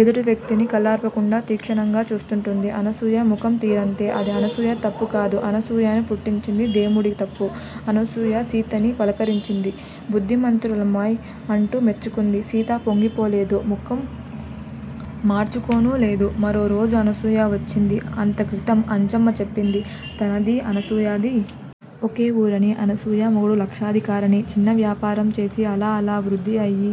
ఎదుట వ్యక్తిని కళ్ళార్పకుండా తీక్షణంగా చూస్తుంటుంది. అనసూయ ముఖం తీరంతే. అది అనసూయ తప్పుకాదు. అనసూయని పుట్టించిన దేముడి తప్పు. అనసూయ, సీతని పలకరించింది. బుద్దిమంతురాలివమ్మాయ్. అంటూ మెచ్చుకుంది. సీత పొంగిపోలేదు. ముఖం మాడ్చుకోనూలేదు. మరోరోజు అనసూయ వచ్చింది. అంతక్రితం అంజమ్మ చెప్పింది. తనదీ అనసూయదీ ఒకేవూరని అనసూయ మొగుడు లక్షాధికారని చిన్నవ్యాపారం చేసి అలా అలా వృద్ది అయి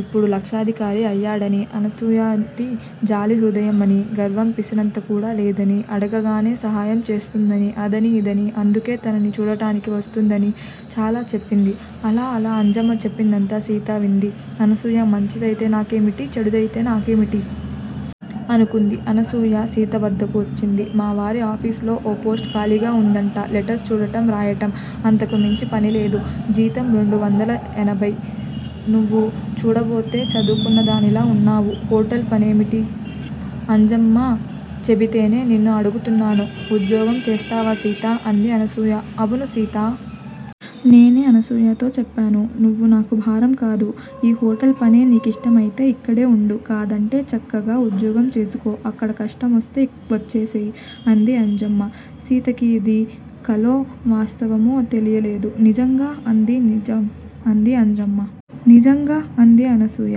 ఇప్పుడు లక్షాధికారి అయ్యాడని అనసూయాది జాలిహృదయం అని గర్వం పిసరంతకూడా లేదని అడగగానే సహాయం చేస్తుందని అదని ఇదని అందుకే తనని చూడటానికి వస్తుందని చాలా చెప్పింది అలా అలా అంజమ్మ చెప్పిందంతా సీత వింది అనసూయ మంచిదయితే నాకేమిటి, చెడుదయితే నాకేమిటి? అనుకుంది. అనసూయ, సీతవద్దకొచ్చింది. మావారి ఆఫీసులో ఓ పోస్ట్ ఖాళీగా వుందట. లెటర్స్ చూడటం రాయటం. అంతకుమించి పనిలేదు. జీతం రెండువందల ఎనభై, నువ్వు చూడబోతే చదువుకున్నదానిలా వున్నావు, హొటల్ పనేమిటి? అంజమ్మ చెబితేనే నిన్ను అడుగుతున్నాను ఉద్యోగం చేస్తావ సీతా! అంది అనసూయ. 'అవును సీతా! నేనే అనసూయతో చెప్పాను. నువ్వు నాకు భారం కాదు. ఈ హొటల్ పనే నీ కిష్టమయితే ఇక్కడే వుండు. కాదంటే చక్కగా ఉద్యోగం చేసుకో. అక్కడ కష్టంతోస్తే వచ్చేసేయి. అంది అంజమ్మ. సీతకి ఇది కలో, వాస్తవమో తెలియలేదు. నిజంగా? అంది. నిజం. అంది అంజమ్మ. నిజంగా! అంది అనసూయ.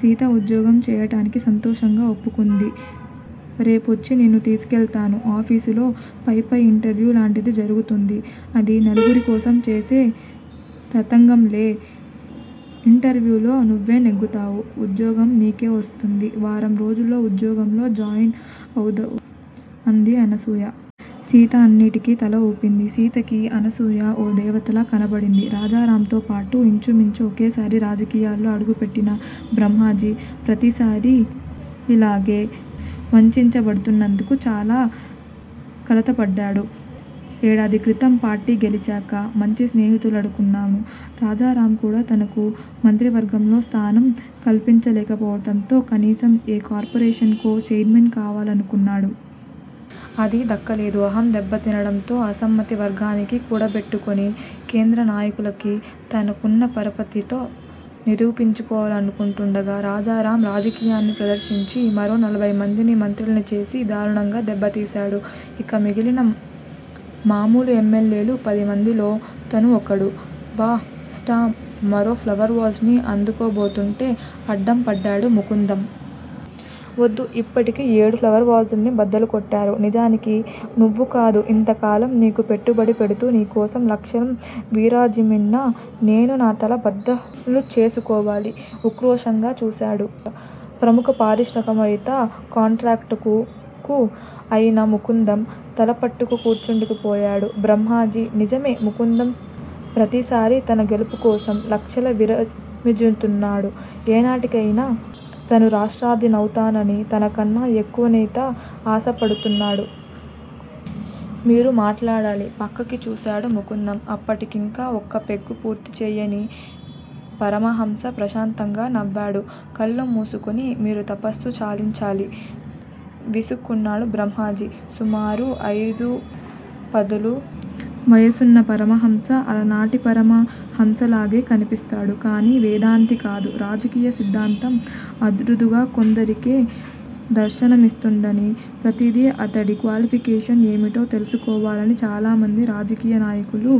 సీత ఉద్యోగం చేయటానికి సంతోషంగా ఒప్పుకుంది. రేపొచ్చి నిన్ను తీసుకెళతాను. ఆఫీసులో పైపై ఇంటర్వ్యూ లాంటిది జరుగుతుంది. అది నలుగురికోసం చేసే తతంగంలే, ఇంట ర్వ్యూలో నువ్వే నెగ్గుతావు. ఉద్యోగం నీకే వస్తుంది. వారంరోజుల్లో ఉద్యోగంలో జాయిన్ అవుదువు. అంది అనసూయ. సీత అన్నింటికీ తల వూపింది. సీతకి అనసూయ ఓ దేవతలా కనపడింది. రాజారాంతో పాటు ఇంచుమించు ఒకేసారి రాజకీయాల్లో అడుగు పెట్టిన బ్రహ్మాజీ. ప్రతిసారీ యిలాగే వంచించబడుతున్నందుకు చాలా కలతపడ్డాడు. ఏడాదిక్రితం పార్టీ గెలిచాక మంచి స్నేహితుడనుకున్నాము రాజారాంకూడా తనకు మంత్రివర్గంలో స్థానం కల్పించలేకపోవటంతో కనీసం ఏ కార్పోరేషన్ కో చైర్మన్ కావాలనుకున్నాడు. అదీ దక్కలేదు. అహం దెబ్బతినడంతో అసమ్మతి వర్గానికి కూడగట్టుకొని కేంద్రనాయకులకి తనకున్నపరపతితో నిరూపించుకోవాలనుకుంటుండగా రాజారాం రాజకీయాన్ని ప్రదర్శించి మరో నలభైమందిని మంత్రుల్నిచేసి దారుణంగా దెబ్బతీశాడు. ఇక మిగిలిన మామూలు ఎమ్మెల్యేలు పదిమందిలో తనుఒకడు బా స్ట మరో ఫ్లవర్ వాజ్ ని అందుకోబోతుంటే అడ్డం పడ్డాడు ముకుందం. వద్దు యిప్పటికి ఏడు ఫ్లవర్ వాజ్ ల్ని బద్దలుకొట్టారు నిజానికి నువ్వుకాదు యింతకాలం నీకు పెట్టుబడి పెడుతూ నీకోసం లక్షలు విరజిమ్మిన నేను నా తల బద్దలుచేసుకోవాలి ఉక్రోషంగా చూశాడు ప్రముఖపారిశ్రామికవేత్త కాంట్రాక్టుకూ అయిన ముకుందం. తలపట్టుకు కూర్చుండిపోయాడు బ్రహ్మాజీ. నిజమే ముకుందంప్రతిసారీ తన గెలుపుకోసం లక్షలు విరజిమ్ముతున్నాడు ఏనాటికైనా తనురాష్ట్రాధినౌతానని తనకన్నా ఎక్కువనేత ఆశపడుతున్నాడు. మీరు మాట్లాడాలి పక్కకి చూశాడు ముకుందం. అప్పటికింకా ఒక్క పెగ్గూ పూర్తి చేయని పరమహంస ప్రశాంతంగా నవ్వాడు కళ్ళు మూసుకుని. మీరు తపస్సు చాలించాలి విసుక్కున్నాడు బ్రహ్మాజీ. సుమారు అయిదుపదులు వయసున్నపరమహంస అలనాటిపరమ హంసలాగే కనిపిస్తాడు కాని వేదాంతి కాదు రాజకీయ సిద్దాంతం అరుదుగా కొందరికే దర్శనమిస్తుందని ప్రతీతి అతడి క్వాలిఫికేషన్ ఏమిటో తెలుసుకోవాలని చాలామంది రాజకీయనాయకులు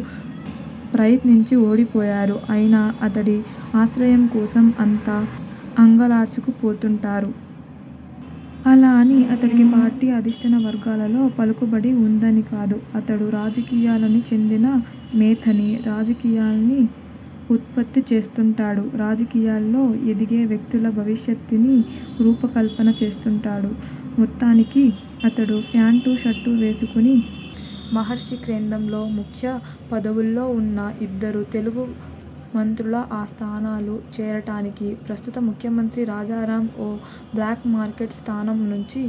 ప్రయత్నించిఓడిపోయారు అయినా అతడి ఆశ్రయంకోసం అంతా అంగలార్చుకు పోతుంటారు. అలా అని అతడికి పార్టీ అధిష్టానవర్గాలలో పలుకుబడి వుందనికాదు అతడు రాజకీయాలకిచెందిన మేథావి రాజకీయాల్ని ఉత్పత్తిచేస్తుంటాడు రాజకీయాల్లో ఎదిగే వ్యక్తుల భవితష్యత్ ని రూపకల్పన చేస్తుంటాడు మొత్తానికి. అతడు ఫ్యాంటూ, షర్టూ వేసుకుని మహర్షి కేంద్రంలో ముఖ్య పదవుల్లో వున్న యిద్దరు తెలుగు మంత్రుల ఆ స్థానాలు చేరటానికి, ప్రస్తుత ముఖ్యమంత్రి రాజారాం ఓ బ్లాక్ మార్కెట్ స్థానంనుంచి